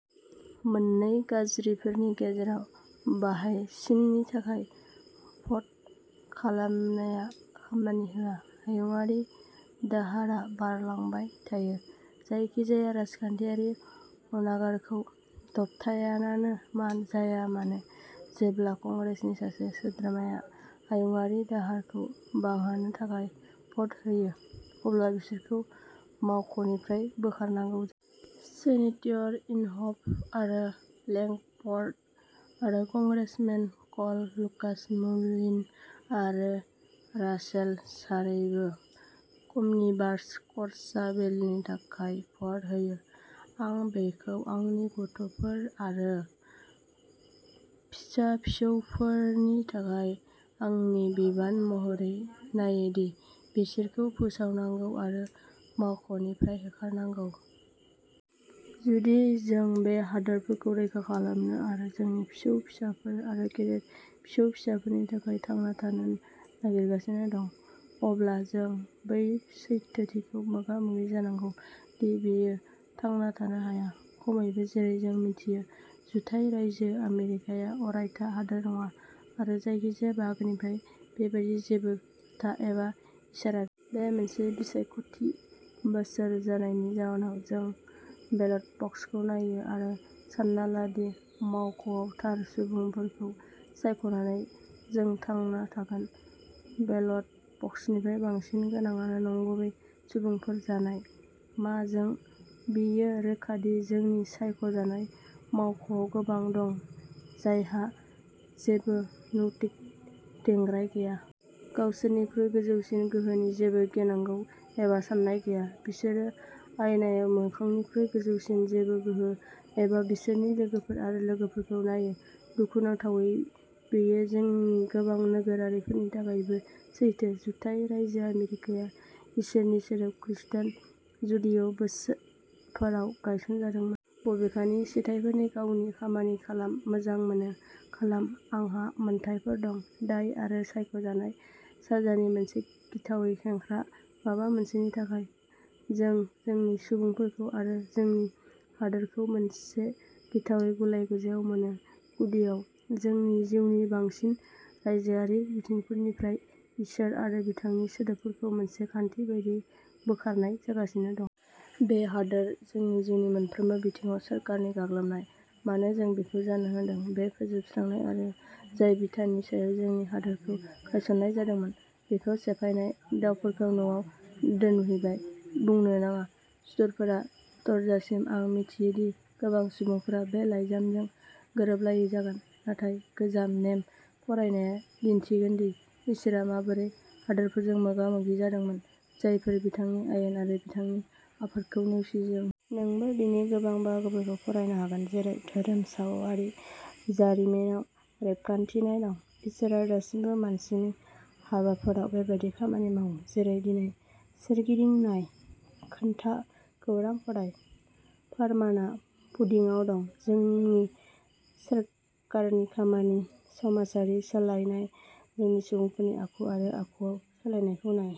मोननै गाज्रिफोरनि गेजेराव बाहाइसिननि थाखाय भ'ट खालामनाया खामानि होआ, हायुंआरि दाहारआ बांलांबाय थायो, जायखिजाया राजखान्थियारि अनागारखौ दबथाय यायानो मान जाया मानो। जेब्ला कंग्रेसनि सासे सोद्रोमाया हायुंआरि दाहारखौ बांहोनो थाखाय भ'ट होयो, अब्ला बिसोरखौ मावख'निफ्राय बोखारनांगौ जायो। सेनेटियर इनहफ आरो लेंकफ'र्ड आरो कंग्रेसमेन क'ल, लुकास, मुलिन आरो रासेल सानैबो अमनिबास खर्सा बिलनि थाखाय भ'ट होयो। आं बेखौ आंनि गथ'फोर आरो फिसा-फिसौफोरनि थाखाय आंनि बिबान महरै नायो दि बिसोरखौ फोसावनांगौ आरो मावख'निफ्राय होखारनांगौ। जुदि जों बे हादोरखौ रैखा खालामनो आरो जोंनि फिसौ-फिसाफोर आरो गेदेर फिसौ-फिसाफोरनि थाखाय थांना थानो नागिरगासिनो दं, अब्ला जों बे सैथोथिखौ मोगा-मोगि जानांगौ दि बियो थांना थानो हाया, खमैबो जेरै जों मिथियो। जुथाइ राय्जो आमेरिकाया अरायथा हादोर नङा आरो जायखिजाया बाहागोनिफ्राय बेबायदि जेबो खोथा एबा इसारा गैया। बे मोनसे बिसायख'थि बोसोर जानायनि जाहोनाव, जों बेलट बक्सखौ नायो आरो सानना ला दि मावख'आव थार सुबुंफोरखौ सायख'नानै जों थांना थागोन। बेलट बक्सनिफ्राय बांसिन गोनांआ नंगुबै सुबुंफोर जानाय मा जों? बेयो रोखा दि जोंनि सायख'जानाय मावख'आव गोबां दं जायहा जेबो नैतिक दिंग्राय गैया। गावसोरनिख्रुइ गोजौसिन गोहोनि जेबो गिनांगौ एबा सान्नाय गैया। बिसोरो आइनायाव मोखांनिख्रुइ गोजौसिन जेबो गोहो एबा बिसोरनि लोगोफोर आरो लोगोफोरखौ नायो। दुखुनांथावै बेयो जोंनि गोबां नोगोरारिफोरनि थाखायबो सैथो। जुथाइ राय्जोआरि गैया इसोरनि सोदोब-- खृस्टान/जुडिय'बोसोनफोराव गायसनजादोंमोन। बबेखानि, जिथायफोरनि गावनि खामानि खालाम मोजां मोनो, खालाम आंहा मोनथायफोर दं दाय आरो सायख'जानाय साजानि मोनसे गिथावै खेंख्रा, माबा मोनसेनि थाखाय, जों जोंनि सुबुंफोरखौ आरो जोंनि हादोरखौ मोनसे गिथावै गुलाय-गुजायाव मोनो। गुदियाव, जोंनि जिउनि बांसिन राय्जोआरि बिथिंनिफ्राय इसोर आरो बिथांनि सोदोबखौ मोनसे खान्थि बायदियै बोखारनाय जागासिनो दं। बे हादोर। जोंनि जिउनि मोनफ्रोमबो बिथिङाव सोरखारनि गाग्लोबनाय। मानो जों बेखौ जानो होदों? बे फोजोबस्रांनाय आरो जाय बिथानि सायाव जोंनि हादोरखौ गायसननाय जादोंमोन, बेखौ सिफायनाय, दावफोरखौ न'आव दोनहैबाय। बुंनो नाङा, सुथुरफोरा दरजासिम। आं मिथियो दि गोबां सुबुंफोरा बे लाइजामजों गोरोबलायै जागोन, नाथाय गोजाम नेम फरायनाया दिन्थिगोनदि इसोरआ माबोरै हादोरफोरजों मोगा-मोगि जादोंमोन जायफोरा बिथांनि आयेन आरो बिथांनि आफादखौ नेवसिदोंमोन। नोंबो बेनि गोबां बाहागोखौ फरायनो हागोन जेरै धोरोमसाववारि जारिमिनाव रेबगान्थिनाय दं। इसोरआ दासिमबो मानसिनि हाबाफोराव बेबादि खामानि मावो जेरै दिनै। सोरगिदिं नाय, खोनथा, खौरां फराय। फोरमानआ पुडिंआव दं। जोंनि सोरखारनि खामानि, समाजारि सोलायनाय, जोंनि सुबुंफोरनि आखु आरो आखुआव सोलायनायखौ नाय।